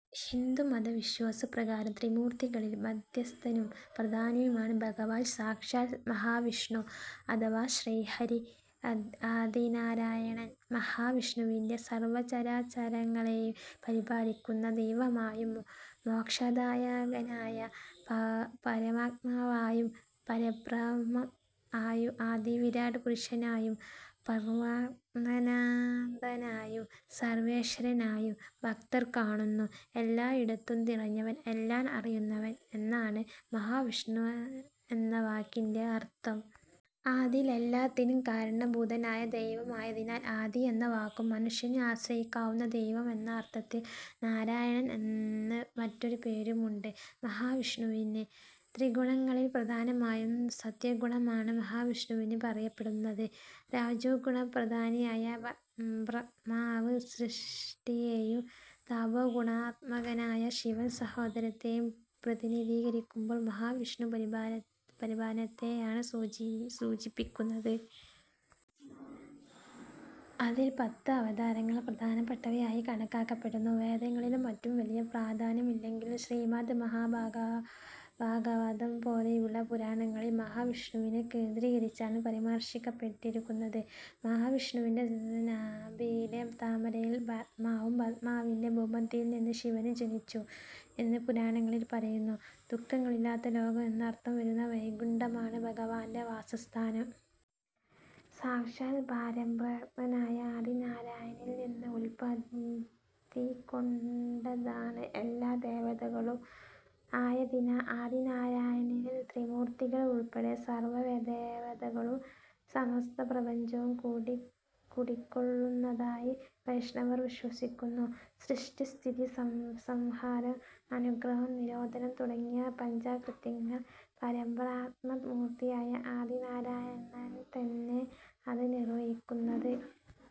ഹിന്ദുമത വിശ്വാസപ്രകാരം ത്രിമൂർത്തികളിൽ മധ്യസ്ഥനും, പ്രധാനിയുമാണ് ഭഗവാൻ സാക്ഷാൽ മഹാവിഷ്ണു അഥവാ ശ്രീഹരി ആദിനാരായണൻ. ' മഹാ വിഷ്ണുവിനെ സർവ്വചരാചരങ്ങളെയും പരിപാലിക്കുന്ന ദൈവമായും മോക്ഷദായകനായ "പരമാത്മാവായും", "പരബ്രഹ്മം ആയും", "ആദി വിരാട് പുരുഷനായും", "ബ്രഹ്മാണ്ഡനാഥനായും", "സർവ്വേശ്വരനായും" ഭക്തർ കാണുന്നു. "എല്ലായിടത്തും നിറഞ്ഞവൻ", "എല്ലാം അറിയുന്നവൻ" എന്നാണ് മഹാവിഷ്ണു എന്ന വാക്കിന്റെ അർത്ഥം. ആദിയിൽ എല്ലാത്തിനും കാരണഭൂതനായ ദൈവം ആയതിനാൽ "ആദി" എന്ന വാക്കും; "മനുഷ്യന് ആശ്രയിക്കാവുന്ന ദൈവം" എന്ന അർത്ഥത്തിൽ "നാരായണൻ" എന്ന് മറ്റൊരു പേരും ഉണ്ട് മഹാവിഷ്ണുവിന്. ത്രിഗുണങ്ങളിൽ പ്രധാനമായും സത്വഗുണമാണ് മഹാവിഷ്ണുവിന് പറയപ്പെടുന്നത്. രജോഗുണപ്രധാനിയായ ബ്രഹ്മാവ് സൃഷ്ടിയേയും തമോഗുണാത്മകനായ ശിവൻ സംഹാരത്തേയും പ്രതിനിധീകരിക്കുമ്പോൾ മഹാവിഷ്ണു പരിപാലനത്തെയാണ് സൂചിപ്പിക്കുന്നത്. അതിൽ പത്ത് അവതാരങ്ങൾ പ്രധാനപ്പെട്ടവയായി കണക്കാക്കപ്പെടുന്നു. വേദങ്ങളിലും മറ്റും വലിയ പ്രാധാന്യം ഇല്ലെങ്കിലും ശ്രീമദ് മഹാഭാഗവതം പോലെയുള്ള പുരാണങ്ങളിൽ മഹാവിഷ്ണുവിനെ കേന്ദ്രീകരിച്ചാണ് പരാമർശിക്കപ്പെട്ടിരിക്കുന്നത്. മഹാവിഷ്ണുവിന്റെ നാഭിയിലെ താമരയിൽ ബ്രഹ്മാവും ബ്രഹ്മാവിന്റെ ഭ്രൂമധ്യത്തിൽനിന്ന് ശിവനും ജനിച്ചു എന്ന് പുരാണങ്ങളിൽ പറയുന്നു. ദുഃഖങ്ങളില്ലാത്ത ലോകം എന്നർത്ഥം വരുന്ന "വൈകുണ്ഠമാണ്" ഭഗവാന്റെ വാസസ്ഥാനം. സാക്ഷാൽ പരബ്രഹ്മനായ ആദിനാരായണനിൽ നിന്നു ഉൽപത്തി കൊണ്ടതാണ് എല്ലാ ദേവതകളും ആയതിനാൽ ആദിനാരായണനിൽ ത്രിമൂർത്തികൾ ഉൾപ്പെടെ സർവ്വ ദേവതകളും, സമസ്ഥപ്രപഞ്ചവും കുടികൊള്ളുന്നതായി വൈഷ്ണവർ വിശ്വസിക്കുന്നു. സൃഷ്ടി, സ്ഥിതി, സംഹാരം, അനുഗ്രഹം, തിരോധാനം തുടങ്ങിയ പഞ്ചകൃത്യങ്ങൾ പരബ്രഹ്മ മൂർത്തിയായ ആദിനാരായണൻതന്നെ ആണ് നിർവഹിക്കുന്നത്.